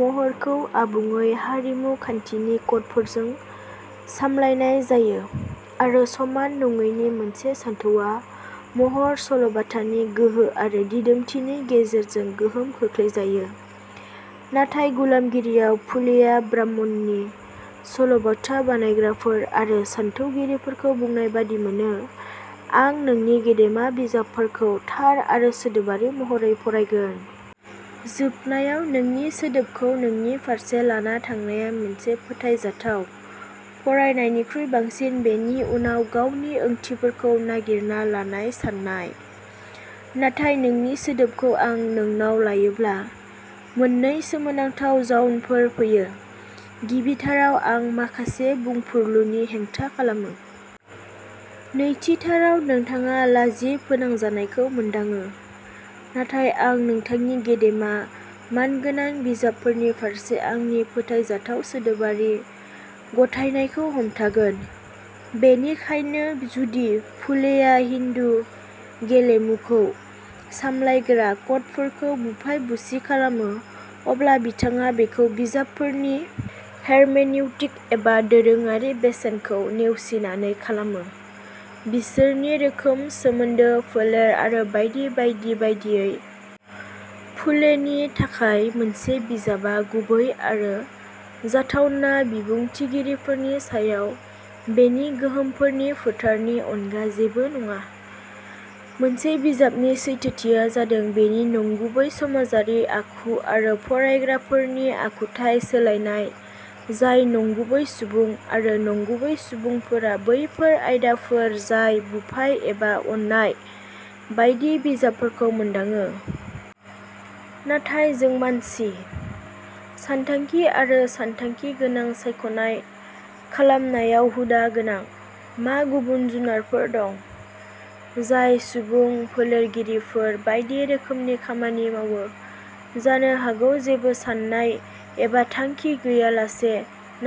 महरखौ आबुङै "हारिमु खान्थि" नि कडफोरजों सामलायनाय जायो आरो समान नङैनि मोनसे सानथौआ महर/सल'बाथा नि गोहो आरो दिदोमथिनि गेजेरजों गोहोम खोख्लैजायो। नाथाय गुलामगिरियाव फुलेया ब्राह्मणनि सल'बाथा बानायग्राफोर आरो सानथौगिरिफोरखौ बुंनाय बादि मोनोः "आं नोंनि गेदेमा बिजाबफोरखौ थार आरो सोदोबारि महरै फरायगोन। जोबनायाव, नोंनि सोदोबखौ नोंनि फारसे लाना थांनाया मोनसे फोथायजाथाव फरायनायनिख्रुइ बांसिन बेनि उनाव गावनि ओंथिफोरखौ नागिरना लानाय सान्नाय। नाथाय नोंनि सोदोबखौ आं नोंनाव लायोब्ला, मोननै सोमोनांथाव जाउनफोर फैयो। गिबिथाराव, आं माखासे बुंफुरलुनि हेंथा खालामो। नैथिथाराव, नोंथाङा लाजि फोनांजानायखौ मोनदाङो। नाथाय आं नोंथांनि गेदेमा मानगोनां बिजाबफोरनि फारसे आंनि फोथायजाथाव सोदोबारि गथायनायखौ हमथागोन। बेनिखायनो, जुदि फुलेया हिन्दु "गेलेमु" खौ सामलायग्रा कडफोरखौ बुफाय-बुसि खालामो, अब्ला बिथाङा बेखौ बिजाबफोरनि हेरमेनिउटिक एबा दोरोङारि "बेसेन" खौ नेवसिनानै खालामो, बिसोरनि रोखोम, सोमोन्दो, फोलेर आरो बायदि बायदि बायदियै। फुलेनि थाखाय, मोनसे बिजाबआ गुबै आरो जाथावना बिबुंथिगिरिफोरनि सायाव बेनि गोहोमफोरनि फोथारनि अनगा जेबो नङा। मोनसे बिजाबनि सैथोथिया जादों बेनि नंगुबै समाजारि आखु आरो फरायग्राफोरनि आखुथाय सोलायनाय जाय नंगुबै सुबुं; आरो नंगुबै सुबुंफोरा बैफोर आयदाफोर जाय बुफाय एबा अननाय बायदि बिजाबफोरखौ मोनदाङो। नाथाय जों मानसि, सानथांखि आरो सानथांखि गोनां सायख'नाय खालामनायाव हुदा गोनां। मा गुबुन जुनारफोर दं जाय सुबुं फोलेरगिरिफोर बायदि रोखोमसे खामानि मावो, जानो हागौ जेबो सान्नाय एबा थांखि गैयालासे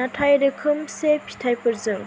नाथाय रोखोमसे फिथायफोरजों?